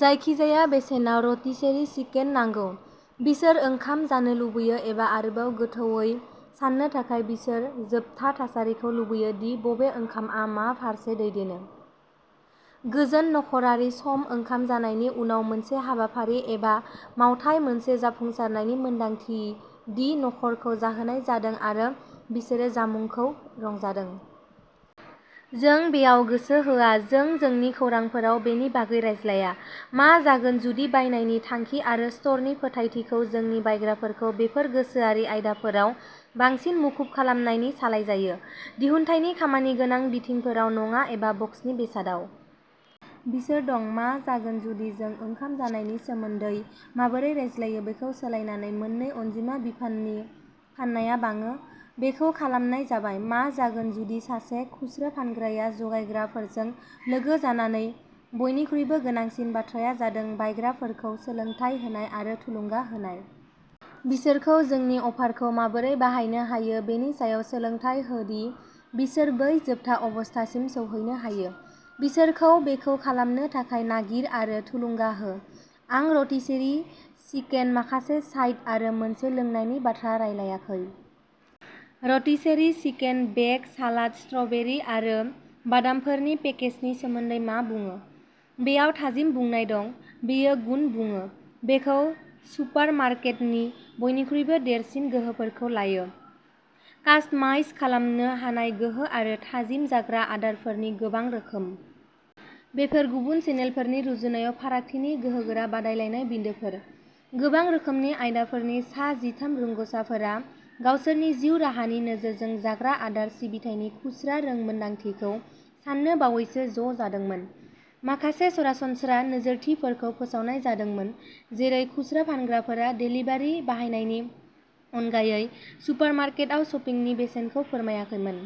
जायखिजाया बेसेनाव rotisserie chicken नांगौ। बिसोर ओंखाम जानो लुबैयो एबा आरोबाव गोथौवै साननो थाखाय बिसोर जोबथा थासारिखौ लुबैयो दि बबे ओंखामआ मा फारसे दैदेनो। गोजोन नखरारि सम ओंखाम जानायनि उनाव मोनसे हाबाफारि एबा मावथाय मोनसे जाफुंसारनायनि मोनदांथि दि न'खरखौ जाहोनाय जादों आरो बिसोरो जामुंखौ रंजादों। जों बेयाव गोसो होआ। जों जोंनि खौरांफोराव बेनि बागै रायज्लाया। मा जागोन जुदि बायनायनि थांखि आरो स्ट'रनि फोथायथिखौ जोंनि बायग्राफोरखौ बेफोर गोसोआरि आयदाफोराव बांसिन मुखुब खालामनानै सालायजायो। दिहुनथायनि खामानिगोनां बिथिंफोराव नङा एबा बक्सनि बेसादआव? बिसोर दं। मा जागोन जुदि जों ओंखाम जानायनि सोमोन्दै माबोरै रायज्लायो बेखौ सोलायनानै मोननै अनजिमा बिफाननि फाननाया बाङो? बेखौ खालामनाय जाबाय। मा जागोन जुदि सासे खुस्रा फानग्राया जगायग्राफोरजों लोगो जानानै बयनिख्रुइबो गोनांसिन बाथ्राया जादों बायग्राफोरखौ सोलोंथाय होनाय आरो थुलुंगा होनाय? बिसोरखौ जोंनि अफारखौ माबोरै बाहायनो हायो बेनि सायाव सोलोंथाय हो दि बिसोर बै जोबथा अबस्थासिम सौहैनो हायो। बिसोरखौ बेखौ खालामनो थाखाय नागिर आरो थुलुंगा हो। आं रटिसेरि चिकेन माखासे साइड आरो मोनसे लोंनायनि बाथ्रा रायलायाखै। Rotisserie chicken, bag salad, strawberry आरो बादामफोरनि पेकेजनि सोमोन्दै मा बुङो? बेयाव थाजिम बुंनाय दं। बेयो गुन बुङो। बेयो सुपारमार्केटनि बयनिख्रुइबो देरसिन गोहोफोरखौ लायो। कास्टमाइज खालामनो हानाय गोहो आरो थाजिम जाग्रा आदारफोरनि गोबां रोखोम। बेफोर गुबुन चेनेलफोरनि रुजुनायाव फारागथिनि गोहोगोरा बादायलायनाय बिन्दोफोर। गोबां रोखोमनि आयदाफोरनि सा जिथाम रोंग'साफोरा गावसोरनि जिउ राहानि नोजोरजों जाग्रा आदार सिबिथायनि खुस्रा रोंमोनदांथिखौ सान्नो बावैसो ज'जादोंमोन। माखासे सरासनस्रा नोजोरथिफोरखौ फोसावनाय जादोंमोन। जेरै खुस्रा फानग्राफोरा डेलिभारि बाहायनायनि अनगायै सुपारमार्केटआव शपिंनि बेसेनखौ फोरमायाखैमोन।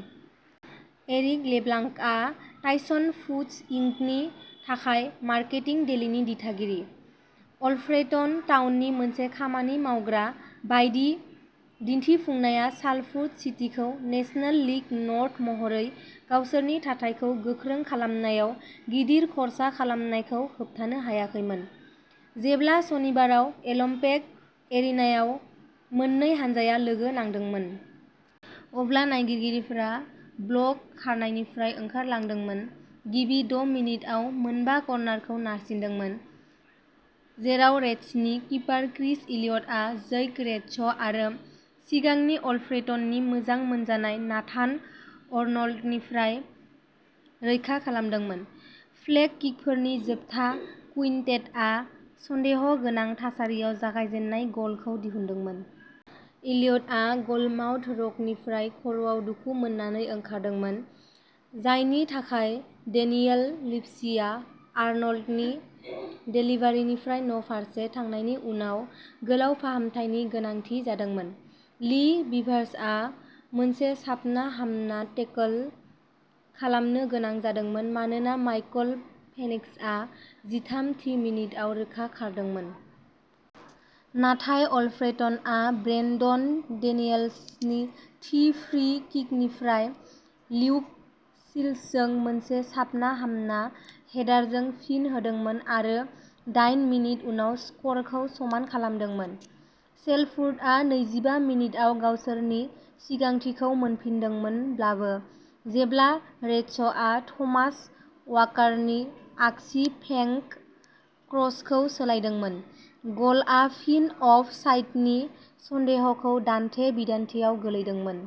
एरिक लेब्लांकआ टाइसन फुड्स इंकनि थाखाय मार्केटिं डेलीनि दिथागिरि। अल्फ्रेटन टाउननि मोनसे खामानि मावग्रा बायदि दिन्थिफुंनाया सालफोर्ड सिटीखौ नेशनल लीग नर्थ महरै गावसोरनि थाथायखौ गोख्रों खालामनायाव गिदिर खर्सा खालामनायखौ होबथानो हायाखैमोन। जेब्ला सनिबाराव एलम्पेक्ट एरिनाआव मोननै हानजाया लोगो नांदोंमोन। अब्ला नायगिरिफोरा ब्लक खारनायनिफ्राय ओंखारलांदोंमोन। गिबि द' मिनिटआव मोनबा कर्नारखौ नारसिनदोंमोन। जेराव रेड्सनि किपार क्रिस इलियटआ जैक रेडश' आरो सिगांनि अल्फ्रेटननि मोजां मोनजानाय नाथान अर्नल्डनिफ्राय रैखा खालामदोंमोन। फ्लेग किकफोरनि जोबथा कुइन्टेटआ सन्देहगोनां थासारियाव जागायजेननाय गलखौ दिहुनदोंमोन। इलियटआ गलमाउथ रकनिफ्राय खर'आव दुखु मोननानै ओंखारदोंमोन। जायनि थाखाय डेनियेल लिभसीआ आर्नल्डनि डेलिभारीनिफ्राय न'फारसे थांनायनि उनाव गोलाव फाहामथायनि गोनांथि जादोंमोन। ली बिभार्सआ मोनसे साबना-हामना टेकल खालामनो गोनां जादोंमोन मानोना माइकल फेनिक्सआ जिथाम थि मिनिटआव रोखा खारदोंमोन। नाथाय अल्फ्रेटनआ ब्रेनडन डेनियल्सनि थि फ्री किकनिफ्राय ल्यूक शिल्सजों मोनसे साबना हामना हेडारजों फिन होदोंमोन आरो दाइन मिनिट उनाव स्करखौ समान खालामदोंमोन। सेलफोर्डआ नैजिबा मिनिटआव गावसोरनि सिगांथिखौ मोनफिनदोंमोनब्लाबो जेब्ला रेडश'आ थमास वाकारनि आगसि फेंक क्रसखौ सोलायदोंमोन। गलआ फिन अफ साइडनि सन्देहजों दान्थे-बिदान्थेयाव गोलैदोंमोन।